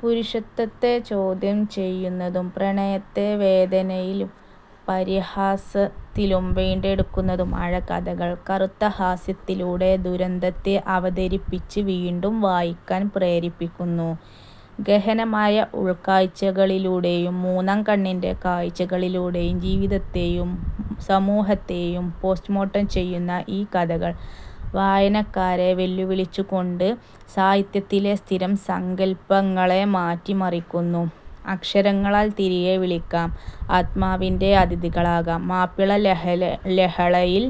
പുരുഷത്വത്തെ ചോദ്യം ചെയ്യുന്നതും, പ്രണയത്തെ വേദനയിലും പരിഹാസത്തിലും വീണ്ടെടുക്കുന്നതുമായ കഥകൾ, കറുത്ത ഹാസ്യത്തിലൂടെ ദുരന്തത്തെ അവതരിപ്പിച്ച് വീണ്ടും വായിക്കാൻ പ്രേരിപ്പിക്കുന്നു. ഗഹനമായ ഉൾക്കാഴ്ചകളിലൂടെയും, മൂന്നാം കണ്ണിന്റെ കാഴ്ചകളിലൂടെയും ജീവിതത്തെയും സമൂഹത്തെയും പോസ്റ്റ്മോർട്ടം ചെയ്യുന്ന ഈ കഥകൾ, വായനക്കാരെ വെല്ലുവിളിച്ചുകൊണ്ട് സാഹിത്യത്തിലെ സ്ഥിരം സങ്കൽപ്പങ്ങളെ മാറ്റിമറിക്കുന്നു. അക്ഷരങ്ങളാൽ തിരികെവിളിക്കാം; ആത്മാവിന്റെ അതിഥികളാക്കാം മാപ്പിള ലഹളയിൽ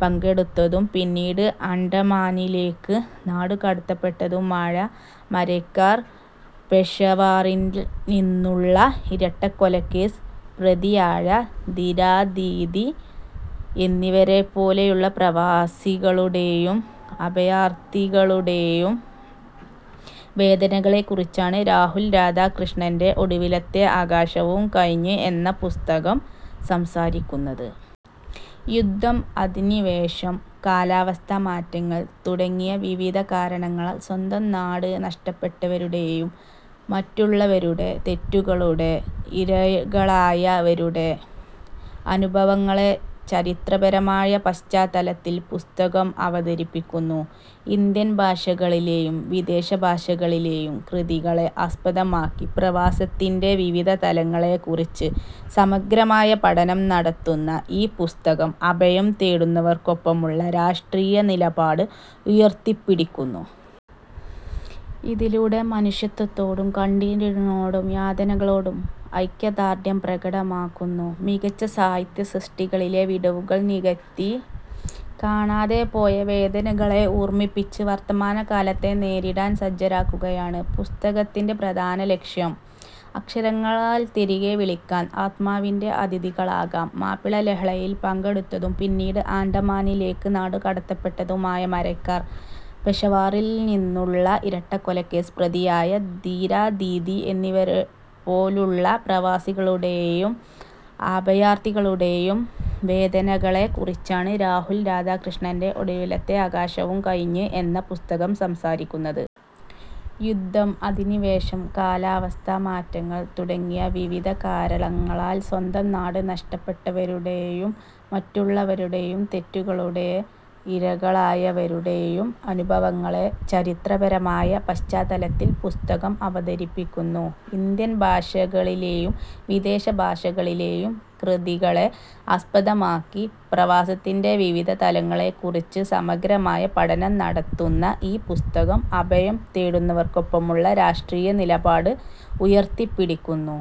പങ്കെടുത്തതും പിന്നീട് ആൻഡമാനിലേക്ക് നാടുകടത്തപ്പെട്ടതുമായ മരയ്ക്കാർ, പെഷവാറിൽ നിന്നുള്ള ഇരട്ടക്കൊലക്കേസ് പ്രതിയായ ധീരാദീദി എന്നിവരെപ്പോലുള്ള പ്രവാസികളുടെയും അഭയാർഥികളുടെയും വേദനകളെക്കുറിച്ചാണ് രാഹുൽ രാധാകൃഷ്ണന്റെ 'ഒടുവിലത്തെ ആകാശവും കഴിഞ്ഞ്' എന്ന പുസ്തകം സംസാരിക്കുന്നത്. യുദ്ധം, അധിനിവേശം, കാലാവസ്ഥാ മാറ്റങ്ങൾ തുടങ്ങിയ വിവിധ കാരണങ്ങളാൽ സ്വന്തം നാട് നഷ്ടപ്പെട്ടവരുടെയും മറ്റുള്ളവരുടെ തെറ്റുകളുടെ ഇരകളായവരുടെയും അനുഭവങ്ങളെ ചരിത്രപരമായ പശ്ചാത്തലത്തിൽ പുസ്തകം അവതരിപ്പിക്കുന്നു. ഇന്ത്യൻ ഭാഷകളിലെയും വിദേശ ഭാഷകളിലെയും കൃതികളെ ആസ്പദമാക്കി, പ്രവാസത്തിന്റെ വിവിധ തലങ്ങളെക്കുറിച്ച് സമഗ്രമായ പഠനം നടത്തുന്ന ഈ പുസ്തകം, അഭയം തേടുന്നവർക്കൊപ്പമുള്ള രാഷ്ട്രീയ നിലപാട് ഉയർത്തിപ്പിടിക്കുന്നു. ഇതിലൂടെ മനുഷ്യത്വത്തോടും കണ്ണീരിനോടും യാതനകളോടുമുള്ള ഐക്യദാർഢ്യം പ്രകടമാക്കുന്നു. മികച്ച സാഹിത്യസൃഷ്ടികളിലെ വിടവുകൾ നികത്തി, കാണാതെപോയ വേദനകളെ ഓർമ്മിപ്പിച്ച്, വർത്തമാനകാലത്തെ നേരിടാൻ സജ്ജരാക്കുകയാണ് പുസ്തകത്തിന്റെ പ്രധാന ലക്ഷ്യം. അക്ഷരങ്ങളാൽ തിരികെവിളിക്കാം; ആത്മാവിന്റെ അതിഥികളാക്കാം മാപ്പിള ലഹളയിൽ പങ്കെടുത്തതും പിന്നീട് ആൻഡമാനിലേക്ക് നാടുകടത്തപ്പെട്ടതുമായ മരയ്ക്കാർ, പെഷവാറിൽ നിന്നുള്ള ഇരട്ടക്കൊലക്കേസ് പ്രതിയായ ധീരാദീദി എന്നിവരെപ്പോലുള്ള പ്രവാസികളുടെയും അഭയാർഥികളുടെയും വേദനകളെക്കുറിച്ചാണ് രാഹുൽ രാധാകൃഷ്ണന്റെ 'ഒടുവിലത്തെ ആകാശവും കഴിഞ്ഞ്' എന്ന പുസ്തകം സംസാരിക്കുന്നത്. യുദ്ധം, അധിനിവേശം, കാലാവസ്ഥാ മാറ്റങ്ങൾ തുടങ്ങിയ വിവിധ കാരണങ്ങളാൽ സ്വന്തം നാട് നഷ്ടപ്പെട്ടവരുടെയും മറ്റുള്ളവരുടെ തെറ്റുകളുടെ ഇരകളായവരുടെയും അനുഭവങ്ങളെ ചരിത്രപരമായ പശ്ചാത്തലത്തിൽ പുസ്തകം അവതരിപ്പിക്കുന്നു. ഇന്ത്യൻ ഭാഷകളിലെയും വിദേശ ഭാഷകളിലെയും കൃതികളെ ആസ്പദമാക്കി, പ്രവാസത്തിന്റെ വിവിധ തലങ്ങളെക്കുറിച്ച് സമഗ്രമായ പഠനം നടത്തുന്ന ഈ പുസ്തകം, അഭയം തേടുന്നവർക്കൊപ്പമുള്ള രാഷ്ട്രീയ നിലപാട് ഉയർത്തിപ്പിടിക്കുന്നു.